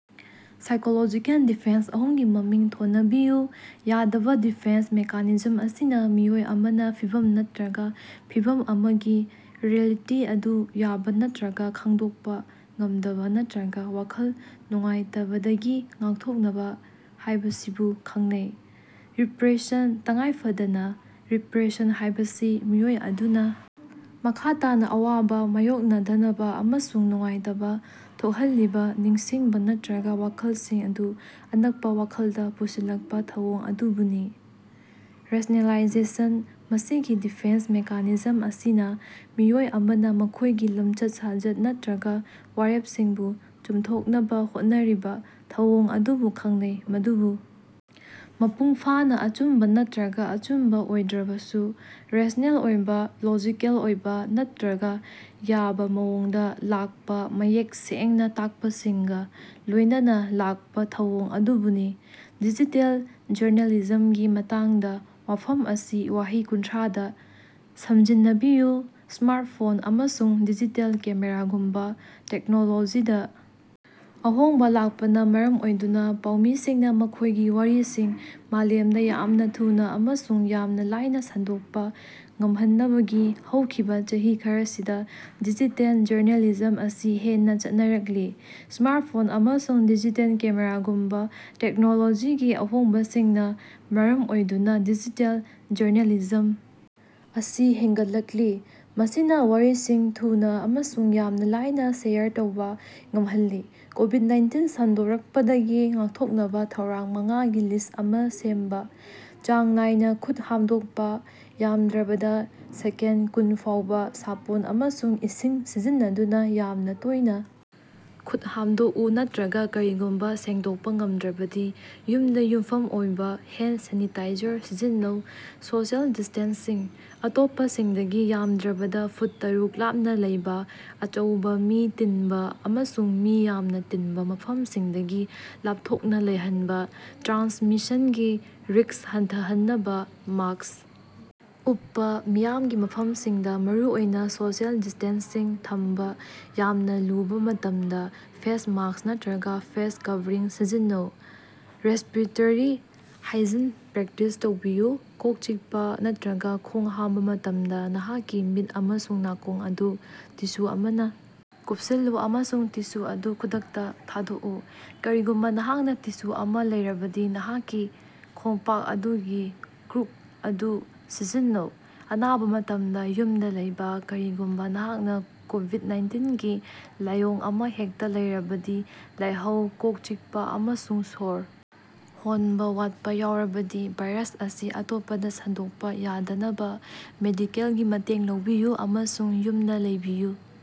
Psychological defence ꯑꯍꯨꯝꯒꯤ ꯃꯃꯤꯡ ꯊꯣꯟꯅꯕꯤꯌꯨ꯫ ꯌꯥꯗꯕꯥ: ꯗꯤꯐꯦꯟꯁ ꯃꯦꯀꯥꯅꯤꯖꯝ ꯑꯁꯤꯅ ꯃꯤꯑꯣꯏ ꯑꯃꯅ ꯐꯤꯚꯝ ꯅꯠꯇ꯭ꯔꯒ ꯐꯤꯚꯝ ꯑꯃꯒꯤ ꯔꯤꯑꯦꯂꯤꯇꯤ ꯑꯗꯨ ꯌꯥꯕ ꯅꯠꯇ꯭ꯔꯒ ꯈꯪꯗꯣꯛꯄ ꯉꯝꯗꯕꯥ ꯅꯠꯇ꯭ꯔꯒ ꯋꯥꯈꯜ ꯅꯨꯡꯉꯥꯏꯇꯕꯗꯒꯤ ꯉꯥꯛꯊꯣꯛꯅꯕ ꯍꯥꯏꯕꯁꯤꯕꯨ ꯈꯪꯅꯩ꯫ ꯔꯤꯄ꯭ꯔꯦꯁꯟ: ꯇꯉꯥꯏꯐꯗꯅꯥ, ꯔꯤꯄ꯭ꯔꯦꯁꯟ ꯍꯥꯏꯕꯁꯤ ꯃꯤꯑꯣꯏ ꯑꯗꯨꯅ ꯃꯈꯥ ꯇꯥꯅ ꯑꯋꯥꯕ ꯃꯥꯌꯣꯛꯅꯗꯅꯕꯥ ꯑꯃꯁꯨꯡ ꯅꯨꯡꯉꯥꯏꯇꯕ ꯊꯣꯛꯍꯜꯂꯤꯕ ꯅꯤꯡꯁꯤꯡꯕ ꯅꯠꯇ꯭ꯔꯒ ꯋꯥꯈꯜꯁꯤꯡ ꯑꯗꯨ ꯑꯅꯛꯄꯥ ꯋꯥꯈꯜꯗ ꯄꯨꯁꯤꯜꯂꯛꯄꯥ ꯊꯧꯑꯣꯡ ꯑꯗꯨꯕꯨꯅꯤ꯫ ꯔꯦꯁꯅꯦꯂꯥꯏꯖꯦꯁꯟ: ꯃꯁꯤꯒꯤ ꯗꯤꯐꯦꯟꯁ ꯃꯦꯀꯥꯅꯤꯖꯝ ꯑꯁꯤꯅ ꯃꯤꯑꯣꯏ ꯑꯃꯅ ꯃꯈꯣꯏꯒꯤ ꯂꯝꯆꯠ-ꯁꯥꯖꯠ ꯅꯠꯇ꯭ꯔꯒ ꯋꯥꯔꯦꯞꯁꯤꯡꯕꯨ ꯆꯨꯝꯊꯣꯛꯅꯕ ꯍꯣꯠꯅꯔꯤꯕ ꯊꯧꯑꯣꯡ ꯑꯗꯨꯕꯨ ꯈꯪꯅꯩ, ꯃꯗꯨꯕꯨ ꯃꯄꯨꯡꯐꯥꯅ ꯑꯆꯨꯝꯕ ꯅꯠꯇ꯭ꯔꯒ ꯑꯆꯨꯝꯕ ꯑꯣꯏꯗ꯭ꯔꯕꯁꯨ, ꯔꯦꯁꯅꯦꯜ ꯑꯣꯏꯕ, ꯂꯣꯖꯤꯀꯦꯜ ꯑꯣꯏꯕ ꯅꯠꯇ꯭ꯔꯒ ꯌꯥꯕ ꯃꯑꯣꯡꯗ ꯂꯥꯛꯄ ꯃꯌꯦꯛ ꯁꯦꯡꯅ ꯇꯥꯛꯄꯁꯤꯡꯒ ꯂꯣꯏꯅꯅ ꯂꯥꯛꯄ ꯊꯧꯑꯣꯡ ꯑꯗꯨꯕꯨꯅꯤ꯫ ꯗꯤꯖꯤꯇꯦꯜ ꯖꯔꯅꯦꯂꯤꯖꯝꯒꯤ ꯃꯇꯥꯡꯗ ꯋꯥꯐꯝ ꯑꯁꯤ ꯋꯥꯍꯩ ꯀꯨꯟꯊ꯭ꯔꯥꯗꯥ ꯁꯝꯖꯤꯟꯅꯕꯤꯌꯨ꯫ ꯁ꯭ꯃꯥꯔꯠꯐꯣꯟ ꯑꯃꯁꯨꯡ ꯗꯤꯖꯤꯇꯦꯜ ꯀꯦꯃꯦꯔꯥꯒꯨꯝꯕ ꯇꯦꯛꯅꯣꯂꯣꯖꯤꯗꯥ ꯑꯍꯣꯡꯕ ꯂꯥꯛꯄꯅ ꯃꯔꯝ ꯑꯣꯏꯗꯨꯅ ꯄꯥꯎꯃꯤꯁꯤꯡꯅ ꯃꯈꯣꯏꯒꯤ ꯋꯥꯔꯤꯁꯤꯡ ꯃꯥꯂꯦꯝꯗ ꯌꯥꯝꯅ ꯊꯨꯅꯥ ꯑꯃꯁꯨꯡ ꯌꯥꯝꯅ ꯂꯥꯏꯅ ꯁꯟꯗꯣꯛꯄ ꯉꯝꯍꯟꯅꯕꯒꯤ ꯍꯧꯈꯤꯕꯥ ꯆꯍꯤ ꯈꯔꯁꯤꯗ ꯗꯤꯖꯤꯇꯦꯜ ꯖꯔꯅꯦꯂꯤꯖꯝ ꯑꯁꯤ ꯍꯦꯟꯅꯥ ꯆꯠꯅꯔꯛꯂꯤ꯫ ꯁ꯭ꯃꯥꯔꯠꯐꯣꯟ ꯑꯃꯁꯨꯡ ꯗꯤꯖꯤꯇꯦꯜ ꯀꯦꯃꯦꯔꯥꯒꯨꯝꯕ ꯇꯦꯛꯅꯣꯂꯣꯖꯤꯒꯤ ꯑꯍꯣꯡꯕꯁꯤꯡꯅꯥ ꯃꯔꯝ ꯑꯣꯏꯗꯨꯅ ꯗꯤꯖꯤꯇꯦꯜ ꯖꯔꯅꯦꯂꯤꯖꯝ ꯑꯁꯤ ꯍꯦꯟꯒꯠꯂꯛꯂꯤ, ꯃꯁꯤꯅ ꯋꯥꯔꯤꯁꯤꯡ ꯊꯨꯅꯥ ꯑꯃꯁꯨꯡ ꯌꯥꯝꯅ ꯂꯥꯏꯅ ꯁꯦꯌꯔ ꯇꯧꯕ ꯉꯝꯍꯜꯂꯤ꯫ ꯀꯣꯕꯤꯗ-ꯅꯥꯏꯟꯇꯤꯟ ꯁꯟꯗꯣꯔꯛꯄꯗꯒꯤ ꯉꯥꯛꯊꯣꯛꯅꯕ ꯊꯧꯔꯥꯡ ꯃꯉꯥꯒꯤ ꯂꯤꯁ ꯑꯃ ꯁꯦꯝꯕ꯫ ꯆꯥꯡ ꯅꯥꯏꯅ ꯈꯨꯠ ꯍꯥꯝꯗꯣꯡꯄ: ꯌꯥꯝꯗ꯭ꯔꯕꯗꯥ ꯁꯦꯀꯦꯟ ꯀꯨꯟ ꯐꯥꯎꯕ ꯁꯥꯄꯣꯟ ꯑꯃꯁꯨꯡ ꯏꯁꯤꯡ ꯁꯤꯖꯤꯟꯅꯗꯨꯅ ꯌꯥꯝꯅ ꯇꯣꯏꯅꯥ ꯈꯨꯠ ꯍꯥꯝꯗꯣꯛꯎ ꯅꯠꯇ꯭ꯔꯒ ꯀꯔꯤꯒꯨꯝꯕ ꯁꯦꯡꯗꯣꯛꯄ ꯉꯝꯗ꯭ꯔꯕꯗꯤ ꯌꯨꯝꯗ ꯌꯨꯝꯐꯝ ꯑꯣꯏꯕ ꯍꯦꯟ ꯁꯦꯅꯤꯇꯥꯏꯖꯔ ꯁꯤꯖꯤꯟꯅꯧ꯫ ꯁꯣꯁꯤꯑꯦꯜ ꯗꯤꯁꯇꯦꯟꯁꯤꯡ: ꯑꯇꯣꯞꯄꯁꯤꯡꯗꯒꯤ ꯌꯥꯝꯗ꯭ꯔꯕꯗꯥ ꯐꯨꯠ ꯇꯔꯨꯛ ꯂꯥꯞꯅ ꯂꯩꯕꯥ, ꯑꯆꯧꯕ ꯃꯤ ꯇꯤꯟꯕ ꯑꯃꯁꯨꯡ ꯃꯤ ꯌꯥꯝꯅ ꯇꯤꯟꯕ ꯃꯐꯝꯁꯤꯡꯗꯒꯤ ꯂꯥꯞꯊꯣꯛꯅ ꯂꯩꯍꯟꯕꯥ, ꯇ꯭ꯔꯥꯟꯁꯃꯤꯁꯟꯒꯤ ꯔꯤꯛꯁ ꯍꯟꯊꯍꯟꯅꯕꯥ꯫ ꯃꯥꯁ꯭ꯛ ꯎꯞꯄꯥ: ꯃꯤꯌꯥꯝꯒꯤ ꯃꯐꯝꯁꯤꯡꯗ, ꯃꯔꯨꯑꯣꯏꯅ ꯁꯣꯁꯤꯑꯦꯜ ꯗꯤꯁꯇꯦꯟꯁꯤꯡ ꯊꯝꯕ ꯌꯥꯝꯅ ꯂꯨꯕ ꯃꯇꯝꯗ ꯐꯦꯁ ꯃꯥꯁ꯭ꯛ ꯅꯠꯇ꯭ꯔꯒ ꯐꯦꯁ ꯀꯚꯔꯤꯡ ꯁꯤꯖꯤꯟꯅꯧ꯫ ꯔꯦꯁꯄꯤꯔꯦꯇ꯭ꯔꯤ ꯍꯥꯏꯖꯤꯟ ꯄ꯭ꯔꯦꯛꯇꯤꯁ ꯇꯧꯕꯤꯌꯨ: ꯀꯣꯛ ꯆꯤꯛꯄ ꯅꯠꯇ꯭ꯔꯒ ꯈꯣꯡ ꯍꯥꯝꯕ ꯃꯇꯝꯗ ꯅꯍꯥꯛꯀꯤ ꯃꯤꯠ ꯑꯃꯁꯨꯡ ꯅꯥꯀꯣꯡ ꯑꯗꯨ ꯇꯤꯁꯨ ꯑꯃꯅꯥ ꯀꯨꯞꯁꯤꯜꯂꯨ ꯑꯃꯁꯨꯡ ꯇꯤꯁꯨ ꯑꯗꯨ ꯈꯨꯗꯛꯇꯥ ꯊꯥꯗꯣꯛꯎ꯫ ꯀꯔꯤꯒꯨꯝꯕ ꯅꯍꯥꯛꯅꯥ ꯇꯤꯁꯨ ꯑꯃ ꯂꯩꯔꯕꯗꯤ, ꯅꯍꯥꯛꯀꯤ ꯈꯣꯡꯄꯥꯛ ꯑꯗꯨꯒꯤ ꯀ꯭ꯔꯨꯛ ꯑꯗꯨ ꯁꯤꯖꯤꯟꯅꯧ꯫ ꯑꯅꯥꯕ ꯃꯇꯝꯗ ꯌꯨꯝꯗꯥ ꯂꯩꯕ: ꯀꯔꯤꯒꯨꯝꯕ ꯅꯍꯥꯛꯅ ꯀꯣꯕꯤꯠ-ꯅꯥꯏꯟꯇꯤꯟꯒꯤ ꯂꯥꯏꯑꯣꯡ ꯑꯃ ꯍꯦꯛꯇꯥ ꯂꯩꯔꯕꯗꯤ ꯂꯥꯏꯍꯧ, ꯀꯣꯛ ꯆꯤꯛꯄ, ꯑꯃꯁꯨꯡ ꯁꯣꯔ ꯍꯣꯟꯕ ꯋꯥꯠꯄ ꯌꯥꯎꯔꯕꯗꯤ, ꯚꯥꯏꯔꯁ ꯑꯁꯤ ꯑꯇꯣꯞꯄꯗꯥ ꯁꯟꯗꯣꯛꯄ ꯌꯥꯗꯅꯕ ꯃꯦꯗꯤꯀꯦꯜꯒꯤ ꯃꯇꯦꯡ ꯂꯧꯕꯤꯌꯨ ꯑꯃꯁꯨꯡ ꯌꯨꯝꯗꯥ ꯂꯩꯕꯤꯌꯨ꯫